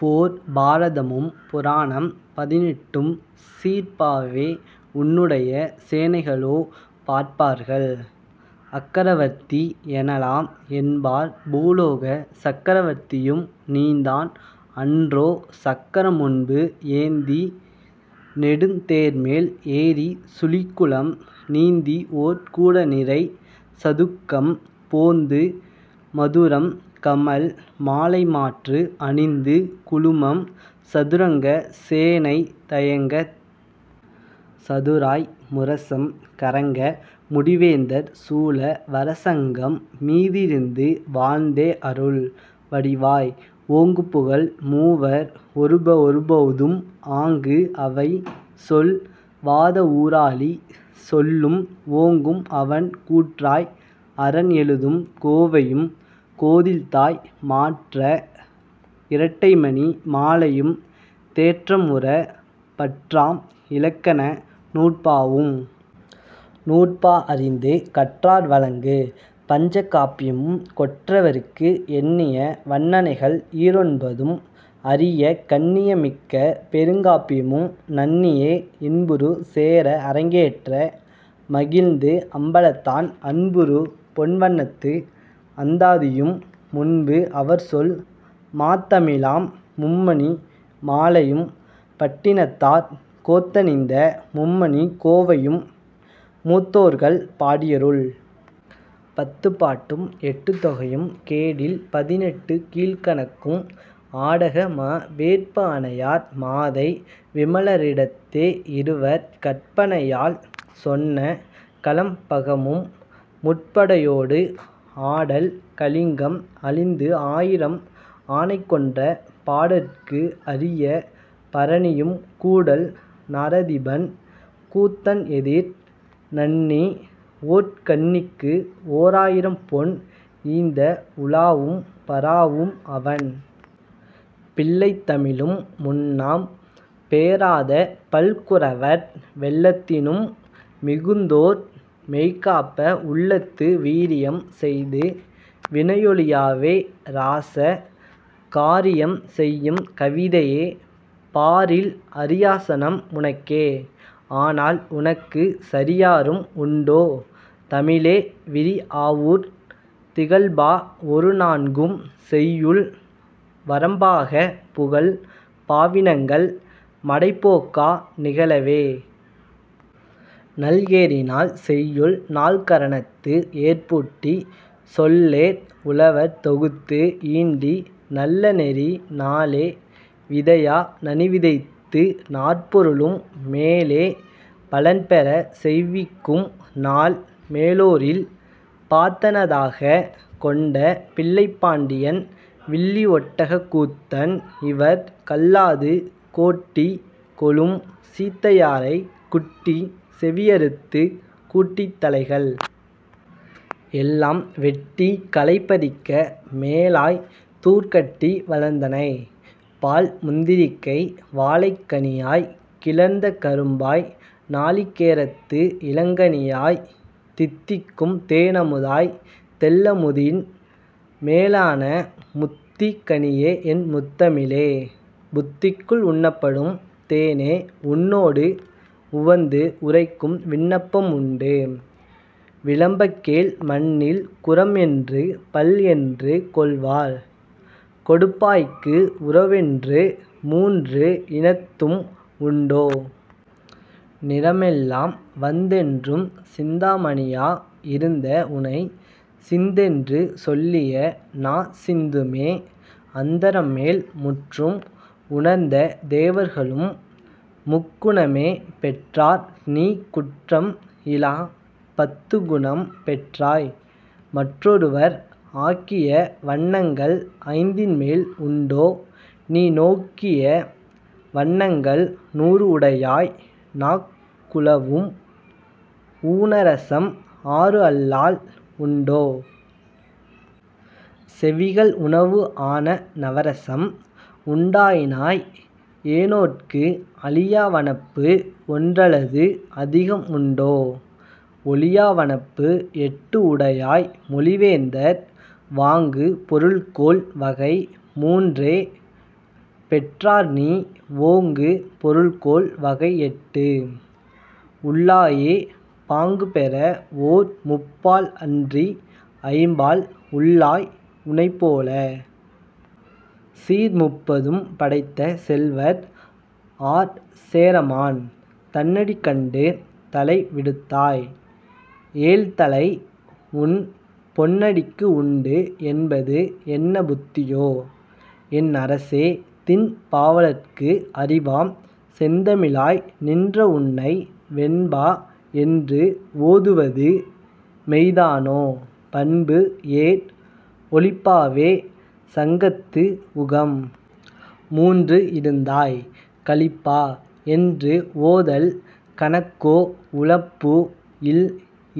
போர்ப் பாரதமும் புராணம் பதினெட்டும் சீர்ப்பாவே உன்னுடைய சேனைகளோ பார்ப்பார்கள் அக்கரவர்த்தி எனலாம் என்பார் பூலோக சக்கரவர்த்தியும் நீதான் அன்றோ சக்கரம்முன்பு ஏந்தி நெடுந் தேர்மேல் ஏறிச் சுழிகுளம் நீந்திஓர் கூடநிறை சதுக்கம் போந்து மதுரம் கமழ் மாலைமாற்று அணிந்து சூழும் சதுரங்க சேனை தயங்கச் சதுராய் முரசம் கறங்க முடிவேந்தர் சூழ வர சங்கம் மீதிருந்து வாழ்ந்தே அருள் வடிவாய் ஓங்குபுகழ் மூவர் ஒருபஒருபஃதும் ஆங்கு அவை சொல் வாதவூராளி சொல்லும் ஓங்கும் அவன் கூற்றாய் அரன் எழுதும் கோவையும் கோதில்தாய் மாற்றா இரட்டைமணி மாலையும் தேற்றம்உற பற்றாம் இலக்கண நூற்பாவும் நூற்பா அறிந்து கற்றார் வழங்கு பஞ்சகாப்பியமும் கொற்றவருக்கு எண்ணிய வன்னனைகள் ஈரொன்பதும் அறியக் கண்ணியம் மிக்க பெருங்காப்பியமும் நன்ணியே இன்புறு சேரந் அரங்கேற்ற மகிழ்ந்து அம்பலத்தான் அன்புறு பொன்வண்னத்து அந்தாதியும் முன்பு அவர்சொல் மாத்தமிழாம் மும்மணி மாலையும் பட்டினத்தார் கோத்தணிந்த மும்மணிக் கோவையும் மூத்தோர்கள் பாடியருள் பத்துப்பாட்டும் எட்டுத்தொகையும் கேடில் பதினெட்டுக் கீழ்க்கணக்கும் ஆடக மா வெற்புஅனையார் மாதை விமலரிடத்தே இருவர் கற்பனையால் சொன்ன கலம்பகமும் முற்படையோடு ஆடல் கலிங்கம் அழித்து ஆயிரம் ஆனைகொன்ற பாடற்கு அரிய பரணியும் கூடல் நராதிபன் கூத்தன்எதிர் நண்ணி ஓர்கண்ணிக்கு ஓராயிரம்பொன் ஈந்த உலாவும் பராவும் அவன் பிள்ளைத் தமிழும் முன்னாம் பேராத பல்குரவர் வெள்ளத்தினும் மிகுத்தோர் மெய்காப்ப உள்ளத்து வீரியம் செய்து வினையொழியவே ராச காரியம் செய்யும் கவிதையே பாரில் அரியாசனம் உனக்கே ஆனால் உனக்குச் சரியாரும் உண்டோ தமிழே விரிஆவுர் திகழ்பா ஒருநான்கும் செய்யுள் வரம்பாகப் புகழ் பாவினங்கள் மடைப்போக்கா நிகழவே நல்ஏரினால் செய்யுள் நால்கரணத்து ஏர்பூட்டிச் சொல்லேர் உழவர் தொகுத்து ஈண்டி நல்லநெறி நாலே விதையா நனிவிதைத்து நாற்பொருளும் மேலே பலன்பெறச் செய்விக்கும் நாள் மேலோரில் பாத்தனதாகக் கொண்ட பிள்ளைப்பாண்டியன் வில்லி ஒட்டக் கூத்தன் இவர் கல்லாது கோட்டி கொளும் சீத்தையரைக் குட்டிச் செவிஅறுத்துக் கூட்டித் தலைகள் எல்லாம் வெட்டிக் களைபறிக்க மேலாய்த் தூர் கட்டி வளர்ந்தனை பால் முந்திரிகை வாழைக் கனியாய்க் கிளர்ந்த கரும்பாய் நாளிகேரத்து இளங்கனியாய் தித்திக்கும் தென்அமுதாய்த் தெள்ளமுதின் மேலான முத்திக் கனியே என் முத்தமிழே புத்திக்குள் உண்ணப்படும் தேனே உன்னோடு உவந்து உரைக்கும் விண்ணப்பம் உண்டு விளம்பக் கேள் மண்ணில் குறம்என்று பள்என்று கொள்வார் கொடுப்பாய்க்கு உறவுஎன்று மூன்று இனத்தும் உண்டோ! திறம்எல்லாம் வந்துஎன்றும் சிந்தாமணியா இருந்த உனைச் சிந்துஎன்று சொல்லிய நாச் சிந்துமே அந்தரம்மேல் முற்றும் உணர்ந்த தேவர்களும் முக்குணமே பெற்றார்நீ குற்றம் இலாப் பத்துக்குணம் பெற்றாய் மற்றொருவர் ஆக்கிய வண்ணங்கள் ஐந்தின்மேல் உண்டோ நீ நோக்கிய வண்ணங்கள் நூறுஉடையாய் நாக் குலவும் ஊனரசம் ஆறுஅல்லால் உண்டோ செவிகள் உணவு ஆன நவரசம் உண்டாயினாய் ஏனோர்க்கு அழியா வனப்பு ஒன்றுஅலது அதிகம் உண்டோ ஒழியா வனப்பு எட்டு உடையாய் மொழிவேந்தர் வாங்கு பொருள்கோள் வகை மூன்றே பெற்றார்நீ ஓங்கு பொருள்கோள் வகை எட்டு உள்ளாயே பாங்குபெற ஓர் முப்பால் அன்றி ஐம்பால் உள்ளாய் உனைப்போலச் சீர் முப்பதும் படைத்த செல்வர் ஆர் சேரமான் தன்னடிக் கண்டு தளை விடுத்தாய் ஏழ்தளை உன் பொன்னடிக்கு உண்டு என்பது என்ன புத்தியோ என் அரசே திண் பாவலர்க்கு அறிவாம் செந்தமிழாய் நின்றஉன்னை வெண்பா என்று ஓதுவது மெய்தானோ பண்பு ஏர் ஒலிப்பாவே சங்கத்து உகம் மூன்று இருந்தாய் கலிப்பா என்று ஓதல் கணக்கோ உலப்பு இல்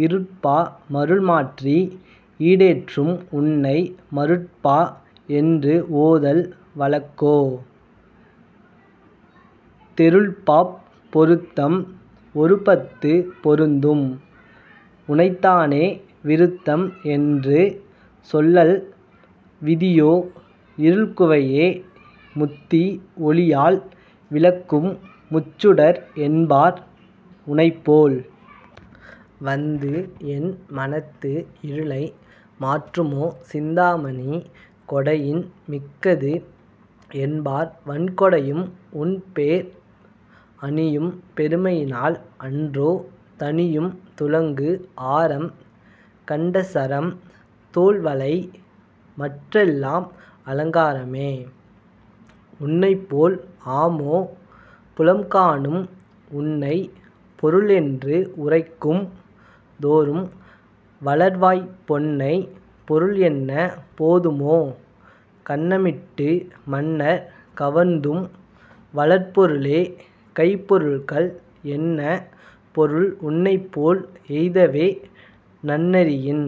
இருட்பா மருள் மாற்றி ஈடேற்றும் உன்னை மருட்பா என்று ஓதல் வழக்கோ தெருள்பாப் பொருத்தம் ஒருபத்துப் பொருந்தும் உனைத்தானே விருத்தம் என்று சொல்லல் விதியோ இருள்குவையை முந்தி ஒளியால் விலக்கும் முச்சுடர் என்பார் உனைப்போல் வந்து என் மனத்து இருளை மாற்றுமோ சிந்தா மணி கொடையின் மிக்கது என்பார் வண்கொடையும் உன்பேர் அணியும் பெருமையினால் அன்றோ தணியும் துலங்கு ஆரம் கண்டசரம் தோள்வளை மற்றுஎல்லாம் அலங்காரமே உனைப்போல் ஆமோ புலம்காணும் உன்னைப் பொருள்என்று உரைக்கும் தொறும் வளர்வாய் பொன்னைப் பொருள் என்னப் போதுமோ கன்னமிட்டு மன்னர் கவர்ந்தும் வளர்பொருளே கைப்பொருள்கள் என்ன பொருள் உனைப்போல் எய்தாவே நன்னெறியின்।